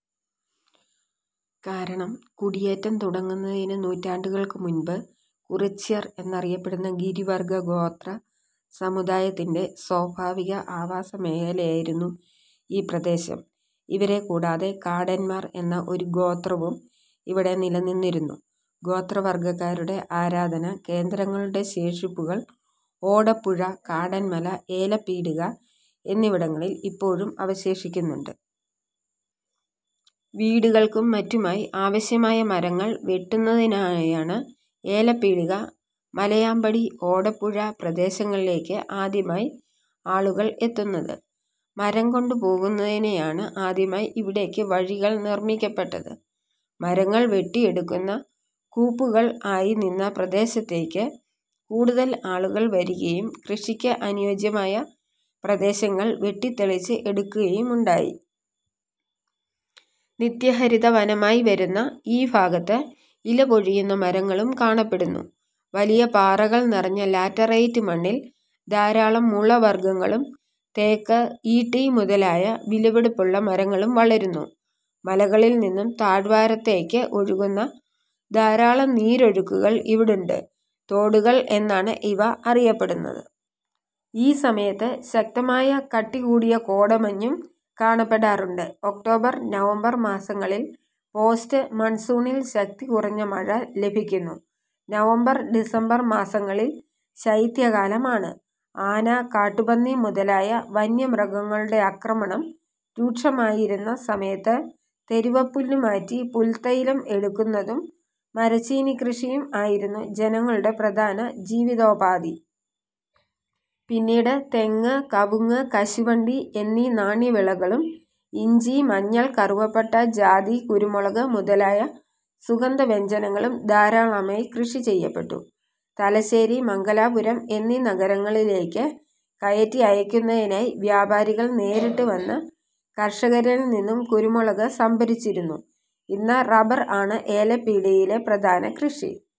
കാരണം കുടിയേറ്റം തുടങ്ങുന്നതിനും നൂറ്റാണ്ടുകൾക്ക് മുൻപ് കുറിച്യർ എന്നറിയപ്പെടുന്ന ഗിരി വർഗ്ഗ ഗോത്ര സമുദായത്തിന്റെ സ്വാഭാവിക ആവാസ മേഖലയായിരുന്നു ഈ പ്രദേശം. ഇവരെ കൂടാതെ കാടന്മാർ എന്ന ഒരു ഗോത്രവും ഇവിടെ നിലനിന്നിരുന്നു. ഗോത്ര വർഗ്ഗക്കാരുടെ ആരാധന കേന്ദ്രങ്ങളുടെ ശേഷിപ്പുകൾ ഓടപ്പുഴ, കാടന്മല, ഏലപ്പീടിക എന്നിവിടങ്ങളിൽ ഇപ്പോഴും അവശേഷിക്കുന്നുണ്ട്. വീടുകൾക്കും മറ്റുമായി ആവശ്യമായ മരങ്ങൾ വെട്ടുന്നതിനായാണ് ഏലപീടിക, മലയാംപടി, ഓടപ്പുഴ പ്രദേശങ്ങളിലേക്ക് ആദ്യമായി ആളുകൾ എത്തുന്നത്. മരം കൊണ്ട് പോകുന്നതിനായാണ് ആദ്യമായി ഇവിടേക്ക് വഴികൾ നിർമ്മിക്കപെട്ടത്. മരങ്ങൾ വെട്ടിയെടുക്കുന്ന കൂപ്പുകൾ ആയി നിന്ന പ്രദേശത്തേക്ക് കൂടുതൽ ആളുകൾ വരികയും കൃഷിക്ക് അനുയോജ്യമായ പ്രദേശങ്ങൾ വെട്ടിത്തെളിച്ച് എടുക്കുകയുമുണ്ടായി. നിത്യ ഹരിത വനമായി വരുന്ന ഈ ഭാഗത്ത് ഇലപൊഴിയുന്ന മരങ്ങളും കാണപ്പെടുന്നു, വലിയ പാറകൾ നിറഞ്ഞ ലാറ്ററൈറ്റ് മണ്ണിൽ ധാരാളം മുള വർഗ്ഗങ്ങളും തേക്ക്, ഈട്ടി മുതലായ വിലപിടിപ്പുള്ള മരങ്ങളും വളരുന്നു. മലകളിൽ നിന്നും താഴ്വാരതേക്ക് ഒഴുകുന്ന ധാരാളം നീരൊഴുക്കുകൾ ഇവിടുണ്ട്, തോടുകൾ എന്നാണ് ഇവ അറിയപ്പെടുന്നത്. ഈ സമയത്ത് ശക്തമായ കട്ടികൂടിയ കോടമഞ്ഞും കാണപ്പെടാറുണ്ട്. ഒക്ടോബർ നവംബർ മാസങ്ങളിൽ പോസ്റ്റ് മൺസൂണിൽ ശക്തി കുറഞ്ഞ മഴ ലഭിക്കുന്നു. നവംബർ ഡിസംബർ മാസങ്ങളിൽ ശൈത്യ കാലമാണ്. ആന, കാട്ടുപന്നി മുതലായ വന്യമൃഗങ്ങളുടെ ആക്രമണം രൂക്ഷമായിരുന്ന സമയത്ത് തെരുവപ്പുല്ല് വാറ്റി പുൽത്തൈലം എടുക്കുന്നതും മരച്ചീനിക്കൃഷിയും ആയിരുന്നു ജനങ്ങളുടെ പ്രധാന ജീവിതോപാധി. പിന്നീട് തെങ്ങ്, കവുങ്ങ്, കശുവണ്ടി എന്നീ നാണ്യ വിളകളും ഇഞ്ചി, മഞ്ഞൾ, കറുവപ്പട്ട, ജാതി, കുരുമുളക് മുതലായ സുഗന്ധ വ്യഞ്ജനങ്ങളും ധാരാളമായി കൃഷി ചെയ്യപ്പെട്ടു. തലശ്ശേരി, മംഗലാപുരം എന്നീ നഗരങ്ങളിലേക്ക് കയറ്റി അയക്കുന്നതിനായി വ്യാപാരികൾ നേരിട്ട് വന്നു കർഷകരിൽ നിന്നും കുരുമുളക് സംഭരിച്ചിരുന്നു. ഇന്ന് റബ്ബർ ആണ് ഏലപീടികയിലെ പ്രധാന കൃഷി.